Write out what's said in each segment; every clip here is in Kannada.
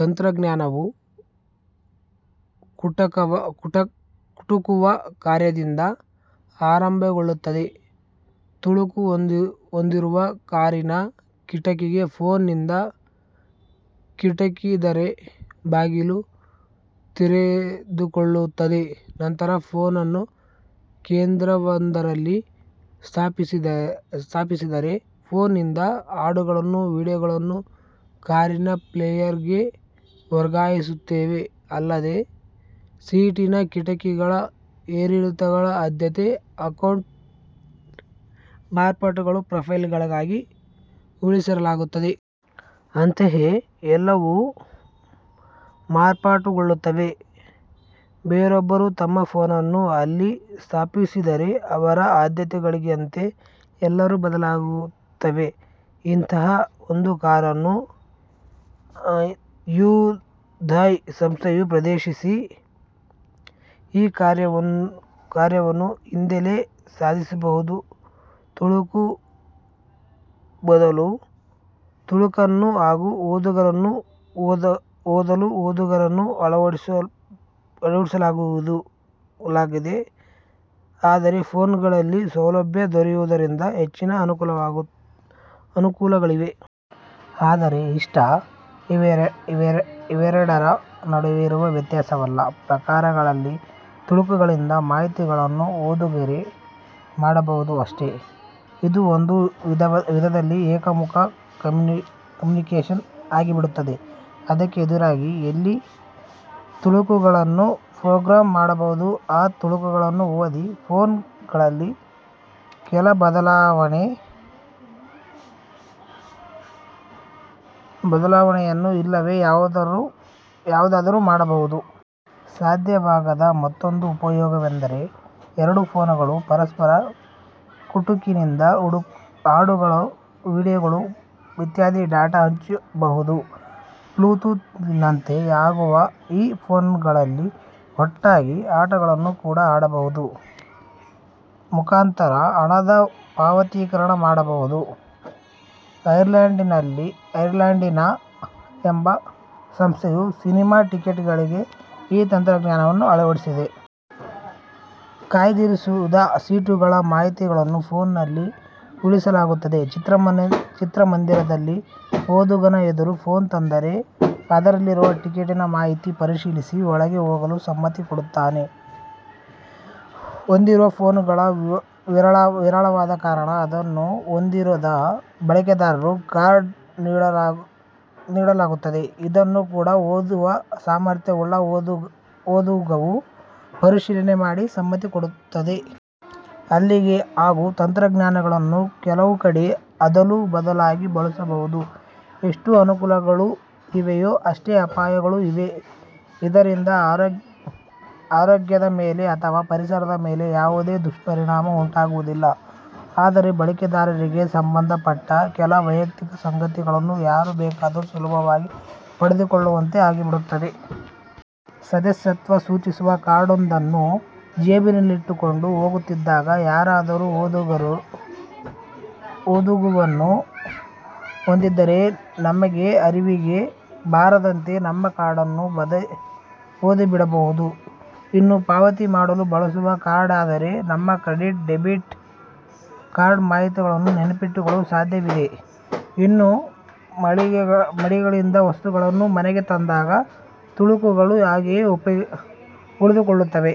ತಂತ್ರಜ್ಞಾನವು ಕುಟುಕುವ ಕಾರ್ಯದಿಂದ ಆರಂಭಗೊಳ್ಳುತ್ತದೆ. ತಳುಕು ಹೊಂದಿರುವ ಕಾರಿನ ಕಿಟುಕಿಗೆ ಫೋನ್ ನಿಂದ ಕುಟುಕಿದರೆ ಬಾಗಿಲು ತೆರೆದುಕೊಳ್ಳುತ್ತದೆ. ನಂತರ ಫೋನನ್ನು ಕೇಂದ್ರವೊಂದರಲ್ಲಿ ಸ್ಥಾಪಿಸಿದರೆ, ಫೋನ್ ನಿಂದ ಹಾಡುಗಳು, ವೀಡಿಯೋಗಳು ಕಾರಿನ ಪ್ಲೇಯರ್ ಗೆ ವರ್ಗವಾಗುತ್ತವೆ. ಅಲ್ಲದೆ ಸೀಟಿನ, ಕಿಟುಕಿಗಳ ಏರಿಳಿತಗಳ ಆದ್ಯತೆಗಳು, ಅಕೌಂಟ್ ಮಾರ್ಪಾಟುಗಳು, ಪ್ರೊಫೈಲ್ ಗಳಾಗಿ ಉಳಿಸಿರಲಾಗುತ್ತದೆ. ಅಂತೆಯೇ ಎಲ್ಲವೂ ಮಾರ್ಪಟುಗೊಳ್ಳುತ್ತವೆ. ಬೇರೊಬ್ಬರು ತಮ್ಮ ಫೋನನ್ನು ಅಲ್ಲಿ ಸ್ಥಾಪಿಸಿದರೆ ಅವರ ಆದ್ಯತೆಗಳಂತೆ ಎಲ್ಲವೂ ಬದಲಾಗುತ್ತವೆ. ಇಂತಹ ಒಂದು ಕಾರನ್ನು ಹ್ಯುಂದಾಯ್ ಸಂಸ್ಥೆಯು ಪ್ರದರ್ಶಿಸಿದೆ. ಈ ಕಾರ್ಯವನ್ನು ಯಿಂದಲೇ ಸಾಧಿಸಬಹುದು. ತಳುಕಿನ ಬದಲು ತಳುಕನ್ನು ಹಾಗು ಓದುಗದ ಬದಲು ಓದುಗವನ್ನು ಅಳವಡಿಸಲಾಗಿದೆ. ಆದರೆ ಫೋನ್ ಗಳಲ್ಲಿ ಸೌಲಭ್ಯ ದೊರೆಯುವುದರಿಂದ ಹೆಚ್ಚಿನ ಅನುಕೂಲಗಳಿವೆ. ಆದರೆ ಇಷ್ಟೇ ಇವೆರಡರ ನಡುವೆ ಇರುವ ವ್ಯತ್ಯಾಸವಲ್ಲ. ಪ್ರಕಾರದಲ್ಲಿ ತಳುಕುಗಳಿಂದ ಮಾಹಿತಿಯನ್ನು ಓದುಗರೆ ಮಾಡಬಹುದು ಅಷ್ಟೇ. ಇದು ಒಂದು ವಿಧದಲ್ಲಿ ಏಕಮುಖ ಕಮ್ಯುನಿಕೇಷನ್ ಆಗಿಬಿಡುತ್ತದೆ. ಇದಕ್ಕೆ ಎದುರಾಗಿ ಯಲ್ಲಿ ತಳುಕುಗಳನ್ನು ಪ್ರೊಗ್ರಾಮ್ ಮಾಡಬಹುದು. ಆ ತಳುಕುಗಳನ್ನು ಓದಿದ ಫೋನ್ ಗಳಲ್ಲಿ ಕೆಲ ಬದಲಾವನೆಯನ್ನೋ, ಇಲ್ಲವೇ ಯಾವುದಾದರೂ ಮಾಡಬಹುದು. ಸಾಧ್ಯವಾಗದ ಮತ್ತೊಂದು ಉಪಯೋಗವೆಂದರೆ. ಎರಡು ಫೋನ್ ಗಳು ಪರಸ್ಪರ ಕುಟುಕಿನಿಂದ ಹಾಡುಗಳು, ವೀಡಿಯೋಗಳು ಇತ್ಯಾದಿ ಡಾಟಾ ಹಂಚಿಕೊಳ್ಳಬಹುದು. ಬ್ಲೂಟೂತ್ ನಂತೆ ಆಗುವ ಈ ಫೋನ್ ಗಳಲ್ಲಿ ಒಟ್ಟಾಗಿ ಆಟಗಳನ್ನು ಕೂಡ ಆಡಬಹುದು. ಮುಖಾಂತರ ಹಣದ ಪಾವತೀಕರಣ ಮಾಡಬಹುದು. ಐರ್ಲ್ಯಾಂಡಿನ ಎಂಬ ಸಂಸ್ಥೆಯು ಸಿನಿಮಾ ಟಿಕೆಟ್ ಗಳಿಗೆ ಈ ತಂತ್ರಜ್ಞಾನವನ್ನು ಅಳವಡಿಸಿದೆ. ಕಾಯ್ದಿರಿಸಿದ ಸೀಟುಗಳ ಮಾಹಿತಿಯನ್ನು ಫೋನ್ ನಲ್ಲಿ ಉಳಿಸಿರಲಾಗುತ್ತದೆ. ಚಿತ್ರಮಂದಿರದಲ್ಲಿ ಓದುಗನ ಎದುರು ಫೋನ್ ತಂದರೆ, ಅದರಲ್ಲಿರುವ ಟಿಕೆಟ್ಟಿನ ಮಾಹಿತಿ ಪರಿಶೀಲಿಸಿ, ಒಳಗೆ ಹೋಗಲು ಸಮ್ಮತಿ ಕೊಡುತ್ತದೆ. ಹೊಂದಿರುವ ಫೋನ್ ಗಳು ವಿರಳವಾದ ಕಾರಣ ಅದನ್ನು ಹೊಂದಿರದ ಬಳಕೆದಾರರಿಗೆ ಕಾರ್ಡ್ ನೀಡಲಾಗುತ್ತದೆ. ಇದನ್ನು ಕೂಡ ಓದುವ ಸಾಮರ್ಥ್ಯವುಳ್ಳ ಓದುಗವು ಪರಿಶೀಲನೆ ಮಾಡಿ ಸಮ್ಮತಿ ಕೊಡುತ್ತದೆ. ಅಲ್ಲಿಗೆ ಹಾಗು ತಂತ್ರಜ್ಞಾನಗಳನ್ನು ಕೆಲವು ಕಡೆ ಅದಲು ಬದಲಾಗಿ ಬಳಸಬಹುದು. ಎಷ್ಟು ಅನುಕೂಲಗಳು ಇವೆಯೋ ಅಷ್ಟೇ ಅಪಾಯಗಳೂ ಇವೆ. ಇದರಿಂದ ಆರೋಗ್ಯದ ಮೇಲೆ ಅಥವಾ ಪರಿಸರದ ಮೇಲೆ ಯಾವುದೇ ದುಷ್ಪರಿಣಾಮ ಉಂಟಾಗುವುದಿಲ್ಲ, ಆದರೆ ಬಳಕೆದಾರರಿಗೆ ಸಂಬಂಧ ಪಟ್ಟ ಕೆಲ ವೈಯಕ್ತಿಕ ಸಂಗತಿಗಳನ್ನು ಯಾರು ಬೇಕಾದರೂ ಸುಲಭವಾಗಿ ಪಡೆದುಕೊಳ್ಳುವಂತೆ ಆಗಿಬಿಡುತ್ತದೆ. ಸದಸ್ಯತ್ವ ಸೂಚಿಸುವ ಕಾರ್ಡೊಂದನ್ನು ಜೇಬಿನಲ್ಲಿಟ್ಟುಕೊಂಡು ಹೋಗುತ್ತಿದ್ದಾಗ, ಯಾರಾದರೂ ಓದುಗವನ್ನು ಹೊಂದಿದ್ದರೆ ನಮಗೆ ಅರಿವಿಗೇ ಬಾರದಂತೆ ನಮ್ಮ ಕಾರ್ಡನ್ನು ಓದಿಬಿಡಬಹುದು. ಇನ್ನು ಪಾವತಿ ಮಾಡಲು ಬಳಸುವ ಕಾರ್ಡಾದರೆ, ನಮ್ಮ ಕ್ರೆಡಿಟ್ ಡೆಬಿಟ್ ಕಾರ್ಡ್ ಮಾಹಿತಿಯನ್ನು ನೆನಪಿಟ್ಟುಕೊಳ್ಳಲು ಸಾಧ್ಯವಿದೆ. ಇನ್ನು ಮಳಿಗೆಗಳಿಂದ ವಸ್ತುಗಳನ್ನು ಮನೆಗೆ ತಂದಾಗ, ತಳುಕುಗಳು ಹಾಗೆಯೇ ಉಳಿದುಕೊಳ್ಳುತ್ತವೆ.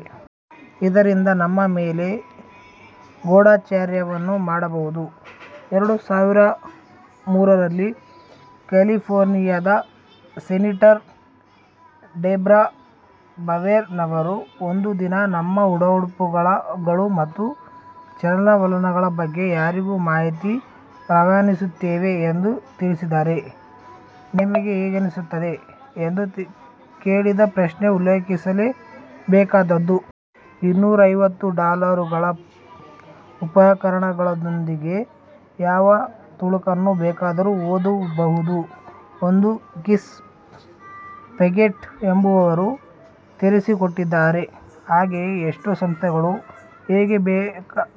ಇದರಿಂದ ನಮ್ಮ ಮೇಲೆ ಗೂಢಚರ್ಯವನ್ನು ಮಾಡಬಹುದು. ಎರಡು ಸಾವಿರದ ಮೂರರಲ್ಲಿ ಕ್ಯಾಲಿಫೋರ್ನಿಯಾದ ಸೆನೇಟರ್ ಡೆಬ್ರಾ ಬವೆನ್ ರವರು "ಒಂದು ದಿನ ನಿಮ್ಮ ಒಳಉಡುಪುಗಳು ನಿಮ್ಮ ಚಲನ ವಲನಗಳ ಬಗ್ಗೆ ಯಾರಿಗೋ ಮಾಹಿತಿ ರವಾನಿಸುತ್ತಿವೆ ಎಂದು ತಿಳಿದರೆ, ನಿಮಗೆ ಹೇಗೆನಿಸುತ್ತದೆ?" ' ಎಂದು ಕೇಳಿದ ಪ್ರಶ್ನೆ ಉಲ್ಲೇಖಿಸಲೇ ಬೇಕಾದದ್ದು. ಇನ್ನೂರೈವತ್ತುಡಾಲರುಗಳ ಉಪಕರಣದೊಂದಿಗೆ ಯಾವ ತಳುಕನ್ನು ಬೇಕಾದರೂ ಓದಬಹುದು ಎಂದು ಕ್ರಿಸ್ ಪೆಗೆಟ್ ಎಂಬುವವರು ತೋರಿಸಿಕೊಟ್ಟಿದ್ದಾರೆ. ಹಾಗೆಯೇ ಎಷ್ಟೋ ಸಂಸ್ಥೆಗಳು ಹೇಗೆ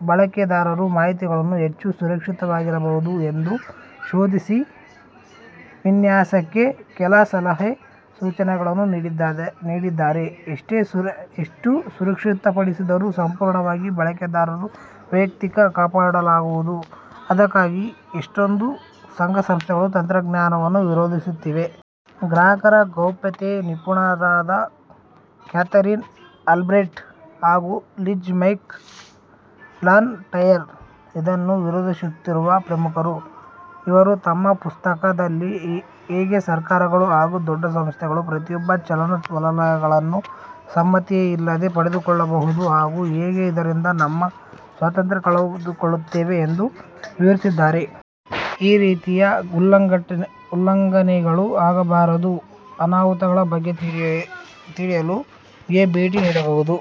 ಬಳಕೆದಾರರ ಮಾಹಿತಿಯನ್ನು ಹೆಚ್ಚು ಸುರಕ್ಷಿತವಾಗಿಸಬಹುದು ಎಂದು ಸಂಶೋಧಿಸಿ ವಿನ್ಯಾಸಕ್ಕೆ ಕೆಲ ಸಲಹೆ ಸೂಚನೆಗಳನ್ನು ನೀಡಿದ್ದಾರೆ. ಎಷ್ಟು ಸುರಕ್ಷಿತಪಡಿಸಿದರೂ, ಸಂಪೂರ್ಣವಾಗಿ ಬಳಕೆದಾರರ ವ್ಯಕ್ತಿತ್ವವನ್ನು ಕಾಪಾಡಲಾಗದು. ಅದಕ್ಕಾಗಿಯೆ ಎಷ್ಟೊಂದು ಸಂಘ ಸಂಸ್ಥೆಗಳು ತಂತ್ರಜ್ಞಾನವನ್ನು ವಿರೋಧಿಸುತ್ತಿವೆ. ಗ್ರಾಹಕ ಗೌಪ್ಯತಾ ನಿಪುಣರಾದ ಕ್ಯಾಥರೀನ್ ಆಲ್ಬ್ರೆಟ್ ಹಾಗು ಲಿಜ್ ಮೆಕ್ ಲನ್ ಟೈರ್ ಇದನ್ನು ವಿರೋಧಿಸುತ್ತಿರುವ ಪ್ರಮುಖರು. ಇವರು ತಮ್ಮ ಪುಸ್ತಕ: ದಲ್ಲಿ ಹೇಗೆ ಸರ್ಕಾರಗಳು ಹಾಗು ದೊಡ್ಡ ಸಂಸ್ಥೆಗಳು ಪ್ರತಿಯೊಬ್ಬರ ಚಲನ ವಲನಗಳನ್ನು ಸಮ್ಮತಿಯೇ ಇಲ್ಲದೆ ಪಡೆದುಕೊಳ್ಳಬಹುದು ಹಾಗು ಹೇಗೆ ಇದರಿಂದ ನಮ್ಮ ಸ್ವಾತಂತ್ರ್ಯ ಕಳೆದುಕೊಳ್ಳುತ್ತೇವೆ ಎಂದು ವಿವರಿಸಿದ್ದಾರೆ. ಈ ರೀತಿಯ ಉಲ್ಲಂಘನೆಗಳು, ಆಗಬಹುದಾದ ಅನಾಹುತಗಳ ಬಗ್ಗೆ ತಿಳಿಯಲು ಗೆ ಭೇಟಿ ನೀಡಬಹುದು.